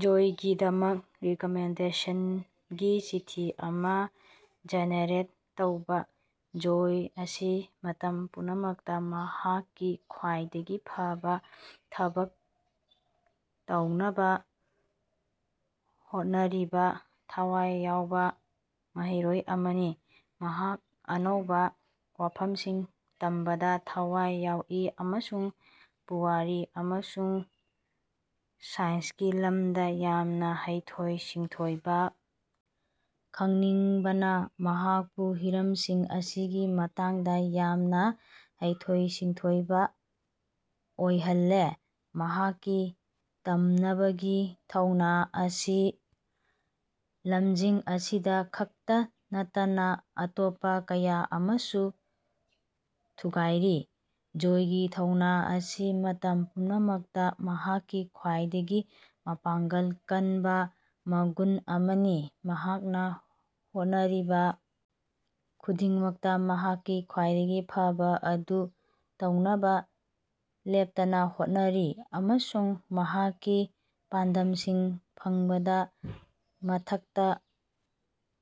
ꯖꯣꯏꯒꯤꯗꯃꯛ ꯔꯤꯀꯃꯦꯟꯗꯦꯁꯟꯒꯤ ꯆꯤꯊꯤ ꯑꯃ ꯖꯦꯅꯦꯔꯦꯠ ꯇꯧꯕ꯫ ꯖꯣꯏ ꯑꯁꯤ ꯃꯇꯝ ꯄꯨꯝꯅꯃꯛꯇ ꯃꯍꯥꯛꯀꯤ ꯈ꯭ꯋꯥꯏꯗꯒꯤ ꯐꯕꯥ ꯊꯕꯛ ꯇꯧꯅꯕ ꯍꯣꯠꯅꯔꯤꯕꯥ ꯊꯋꯥꯏ ꯌꯥꯎꯕ‌ ꯃꯍꯩꯔꯣꯏ ꯑꯃꯅꯤ꯫ ꯃꯍꯥꯛ ꯑꯅꯧꯕ ꯋꯥꯐꯝꯁꯤꯡ ꯇꯝꯕꯗ ꯊꯋꯥꯏ ꯌꯥꯎꯏ ꯑꯃꯁꯨꯡ ꯄꯨꯋꯥꯔꯤ ꯑꯃꯁꯨꯡ ꯁꯥꯏꯟꯁꯀꯤ ꯂꯝꯗ ꯌꯥꯝꯅ ꯍꯩꯊꯣꯏ-ꯁꯤꯡꯊꯣꯏꯕ ꯈꯪꯅꯤꯡꯕꯅ ꯃꯍꯥꯛꯄꯨ ꯍꯤꯔꯝꯁꯤꯡ ꯑꯁꯤꯒꯤ ꯃꯇꯥꯡꯗ ꯌꯥꯝꯅ ꯍꯩꯊꯣꯏ-ꯁꯤꯡꯊꯣꯏꯕ ꯑꯣꯏꯍꯜꯂꯦ꯫ ꯃꯍꯥꯛꯀꯤ ꯇꯝꯅꯕꯒꯤ ꯊꯧꯅ ꯑꯁꯤ ꯂꯝꯁꯤꯡ ꯑꯁꯤꯗ ꯈꯛꯇ ꯅꯠꯇꯅꯥ ꯑꯇꯣꯞꯄ ꯀꯌꯥ ꯑꯃꯁꯨ ꯊꯨꯒꯥꯏꯔꯤ꯫ ꯖꯣꯏꯒꯤ ꯊꯧꯅ ꯑꯁꯤ ꯃꯇꯝ ꯄꯨꯝꯅꯃꯛꯇ ꯃꯍꯥꯛꯀꯤ ꯈ꯭ꯋꯥꯏꯗꯒꯤ ꯃꯄꯥꯡꯒꯜ ꯀꯟꯕꯥ ꯃꯒꯨꯟ ꯑꯃꯅꯤ꯫ ꯃꯍꯥꯛꯅ ꯍꯣꯠꯅꯔꯤꯕ ꯈꯨꯗꯤꯡꯃꯛꯇ ꯃꯍꯥꯛꯀꯤ ꯈ꯭ꯋꯥꯏꯗꯒꯤ ꯐꯕꯥ ꯑꯗꯨ ꯇꯧꯅꯕ ꯂꯦꯞꯇꯅ ꯍꯣꯠꯅꯔꯤ ꯑꯃꯁꯨꯡ ꯃꯍꯥꯛꯀꯤ ꯄꯥꯟꯗꯝꯁꯤꯡ ꯐꯪꯕꯗꯥ ꯃꯊꯛꯇ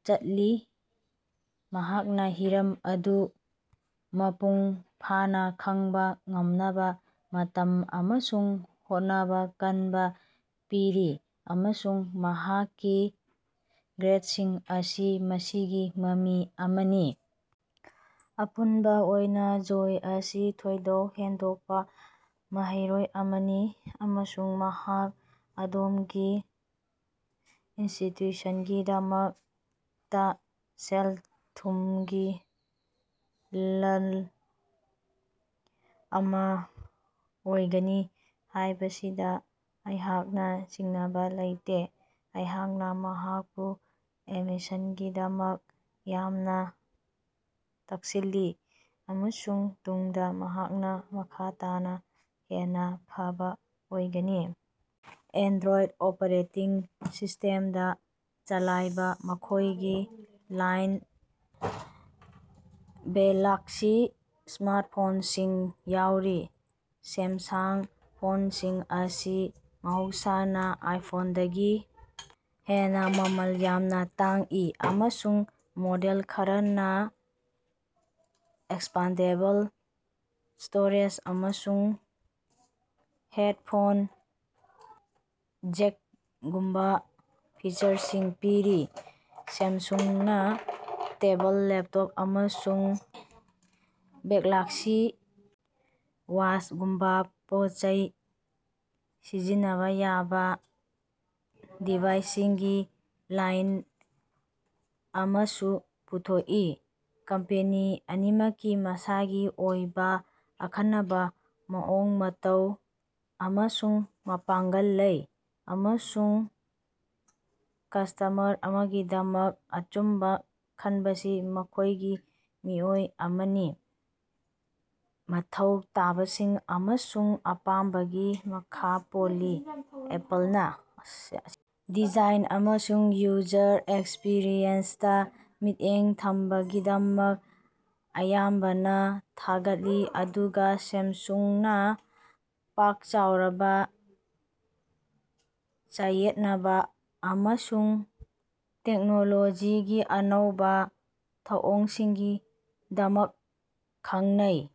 ꯆꯠꯂꯤ꯫ ꯃꯍꯥꯛꯅ ꯍꯤꯔꯝ ꯑꯗꯨ ꯃꯄꯨꯡ ꯐꯥꯅ ꯈꯪꯕ ꯉꯝꯅꯕꯥ ꯃꯇꯝ ꯑꯃꯁꯨꯡ ꯍꯣꯠꯅꯕ ꯀꯟꯕ ꯄꯤꯔꯤ ꯑꯃꯁꯨꯡ ꯃꯍꯥꯛꯀꯤ ꯒ꯭ꯔꯦꯗꯁꯤꯡ ꯑꯁꯤ ꯃꯁꯤꯒꯤ ꯃꯃꯤ ꯑꯃꯅꯤ꯫ ꯑꯄꯨꯟꯕ ꯑꯣꯏꯅ ꯖꯣꯏ ꯑꯁꯤ ꯊꯣꯏꯗꯣꯛ ꯍꯦꯟꯗꯣꯛꯄ ꯃꯍꯩꯔꯣꯏ ꯑꯃꯅꯤ ꯑꯃꯁꯨꯡ ꯃꯍꯥꯛ ꯑꯗꯣꯝꯒꯤ ꯏꯟꯁꯇꯤꯇ꯭ꯌꯨꯁꯟꯒꯤꯗꯃꯛꯇ ꯁꯦꯜ-ꯊꯨꯝꯒꯤ ꯂꯟ ꯑꯃ ꯑꯣꯏꯒꯅꯤ ꯍꯥꯏꯕꯁꯤꯗꯥ ꯑꯩꯍꯥꯛꯅ ꯆꯤꯡꯅꯕꯥ ꯂꯩꯇꯦ꯫ ꯑꯩꯍꯥꯛꯅ ꯃꯍꯥꯛꯄꯨ ꯑꯦꯗꯃꯤꯁꯟꯒꯤꯗꯃꯛ ꯌꯥꯝꯅ ꯇꯛꯁꯤꯜꯂꯤ ꯑꯃꯁꯨꯡ ꯇꯨꯡꯗ ꯃꯍꯥꯛꯅ ꯃꯈꯥ ꯇꯥꯅ ꯍꯦꯟꯅ ꯐꯕꯥ ꯑꯣꯏꯒꯅꯤ ꯑꯦꯟꯗ꯭ꯔꯣꯏꯗ ꯑꯣꯄ꯭ꯔꯦꯇꯤꯡ ꯁꯤꯁꯇꯦꯝꯗ ꯆꯂꯥꯏꯕ ꯃꯈꯣꯏꯒꯤ ꯂꯥꯏꯟ ꯒꯦꯂꯥꯛꯁꯤ ꯁ꯭ꯃꯥꯔꯠꯐꯣꯟꯁꯤꯡ ꯌꯥꯎꯔꯤ꯫ ꯁꯦꯝꯁꯥꯡ ꯐꯣꯟꯁꯤꯡ ꯑꯁꯤ ꯃꯍꯧꯁꯥꯅ ꯑꯥꯏꯐꯣꯟꯗꯒꯤ ꯍꯦꯟꯅ ꯃꯃꯜ ꯌꯥꯝꯅ ꯇꯥꯡꯏ, ꯑꯃꯁꯨꯡ ꯃꯣꯗꯦꯜ ꯈꯔꯅꯥ ꯑꯦꯛꯁꯄꯥꯟꯗꯦꯕꯜ ꯁ꯭ꯇꯣꯔꯦꯖ ꯑꯃꯁꯨꯡ ꯍꯦꯗꯐꯣꯟ ꯖꯦꯛꯒꯨꯝꯕ ꯐꯤꯆꯔꯁꯤꯡ ꯄꯤꯔꯤ꯫ ꯁꯦꯝꯁꯨꯡꯅ ꯇꯦꯕꯜ, ꯂꯦꯞꯇꯣꯞ, ꯑꯃꯁꯨꯡ ꯒꯦꯂꯥꯛꯁꯤ ꯋꯥꯆꯒꯨꯝꯕꯥ ꯄꯣꯠꯆꯩ ꯁꯤꯖꯤꯟꯅꯕꯥ ꯌꯥꯕ ꯗꯤꯚꯥꯏꯁꯁꯤꯡꯒꯤ ꯂꯥꯏꯟ ꯑꯃꯁꯨ ꯄꯨꯊꯣꯛꯏ꯫ ꯀꯝꯄꯦꯅꯤ ꯑꯅꯤꯃꯛꯀꯤ ꯃꯁꯥꯒꯤ ꯑꯣꯏꯕ ꯑꯈꯟꯅꯕꯥ ꯃꯑꯣꯡ ꯃꯇꯧ ꯑꯃꯁꯨꯡ ꯄꯥꯡꯒꯜ ꯂꯩ, ꯑꯃꯁꯨꯡ ꯀꯁ꯭ꯇꯃꯔ ꯑꯃꯒꯤꯗꯃꯛ ꯑꯆꯨꯝꯕ ꯈꯟꯕꯁꯤ ꯃꯈꯣꯏꯒꯤ ꯃꯤꯑꯣꯏ ꯑꯃꯒꯤ ꯃꯊꯧ ꯇꯥꯕꯁꯤꯡ ꯑꯃꯁꯨꯡ ꯑꯄꯥꯝꯕꯒꯤ ꯃꯈꯥ ꯄꯣꯜꯂꯤ꯫ ꯑꯦꯄꯜꯅ ꯗꯤꯖꯥꯏꯟ ꯑꯃꯁꯨꯡ ꯌꯨꯖꯔ ꯑꯦꯛꯁꯄꯤꯔꯤꯑꯦꯟꯁꯇꯥ ꯃꯤꯠꯌꯦꯡ ꯊꯝꯕꯒꯤꯗꯃꯛ ꯑꯌꯥꯝꯕꯅꯥ ꯊꯥꯒꯠꯂꯤ, ꯑꯗꯨꯒ ꯁꯦꯝꯁꯨꯡꯅ ꯄꯥꯛ ꯆꯥꯎꯔꯕꯥ ꯆꯌꯦꯠꯅꯕꯥ ꯑꯃꯁꯨꯡ ꯇꯦꯛꯅꯣꯂꯣꯖꯤꯒꯤ ꯑꯅꯧꯕ ꯊꯧꯑꯣꯡꯁꯤꯡꯒꯤꯗꯃꯛ ꯈꯪꯅꯩ꯫